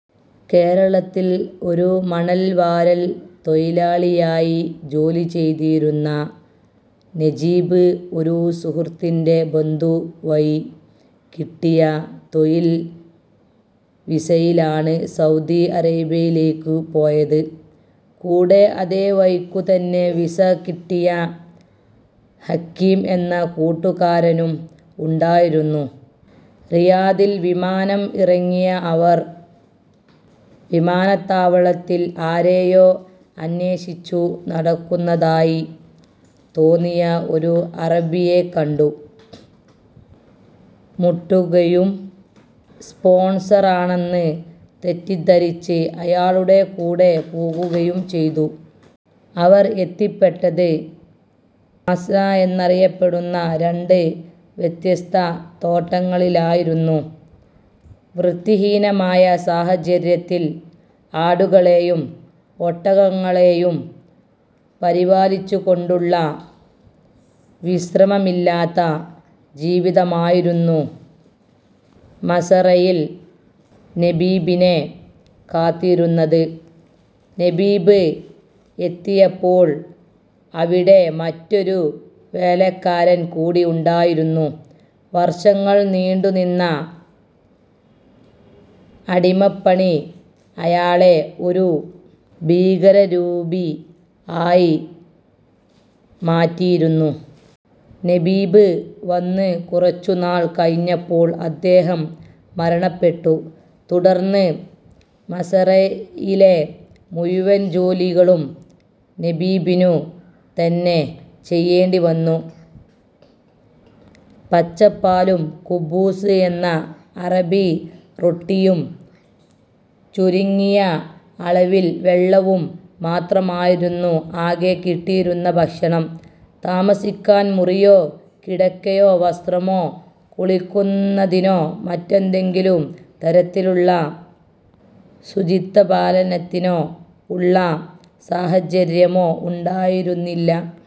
കേരളത്തിൽ ഒരു മണൽവാരൽ തൊഴിലാളിയായി ജോലി ചെയ്തിരുന്ന നജീബ്, ഒരു സുഹൃത്തിന്റെ ബന്ധു വഴി കിട്ടിയ തൊഴിൽ വിസയിലാണ് സൗദി അറേബ്യയിലേക്കു പോയത്. കൂടെ, അതേ വഴിക്കു തന്നെ വിസ കിട്ടിയ ഹക്കീം എന്ന കൂട്ടുകാരനും ഉണ്ടായിരുന്നു. റിയാദിൽ വിമാനം ഇറങ്ങിയ അവർ വിമാനത്താവളത്തിൽ ആരെയോ അന്വേഷിച്ചു നടക്കുന്നതായി തോന്നിയ ഒരു അറബിയെ കണ്ടു മുട്ടുകയും സ്പോൺസറാണെന്ന് തെറ്റിദ്ധരിച്ച് അയാളുടെ കൂടെ പോകുകയും ചെയ്തു. അവർ എത്തിപ്പെട്ടത് മസ്ര എന്നറിയപ്പെടുന്ന രണ്ട് വ്യത്യസ്ത തോട്ടങ്ങളിലായിരുന്നു. വൃത്തിഹീനമായ സാഹചര്യത്തിൽ ആടുകളേയും ഒട്ടകങ്ങളേയും പരിപാലിച്ചുകൊണ്ടുള്ള വിശ്രമമില്ലാത്ത ജീവിതമായിരുന്നു മസറയിൽ നജീബിനെ കാത്തിരുന്നത്. നജീബ് എത്തിയപ്പോൾ അവിടെ മറ്റൊരു വേലക്കാരൻ കൂടി ഉണ്ടായിരുന്നു. വർഷങ്ങൾ നീണ്ടു നിന്ന അടിമപ്പണി അയാളെ ഒരു "ഭീകരരൂപി" ആയി മാറ്റിയിരുന്നു. നജീബ് വന്ന് കുറച്ചുനാൾ കഴിഞ്ഞപ്പോൾ അദ്ദേഹം മരണപ്പെട്ടു. തുടർന്ന് മസറയിലെ മുഴുവൻ ജോലികളും നജീബിനു തന്നെ ചെയ്യേണ്ടി വന്നു. പച്ചപ്പാലും, കുബൂസ് എന്ന അറബി റൊട്ടിയും, ചുരുങ്ങിയ അളവിൽ വെള്ളവും മാത്രമായിരുന്നു ആകെ കിട്ടിയിരുന്ന ഭക്ഷണം. താമസിക്കാൻ മുറിയോ, കിടക്കയോ, വസ്ത്രമോ, കുളിക്കുന്നതിനോ, മറ്റേതെങ്കിലും തരത്തിലുള്ള ശുചിത്വപാലനത്തിനോ ഉള്ള സാഹചര്യമോ ഉണ്ടായിരുന്നില്ല.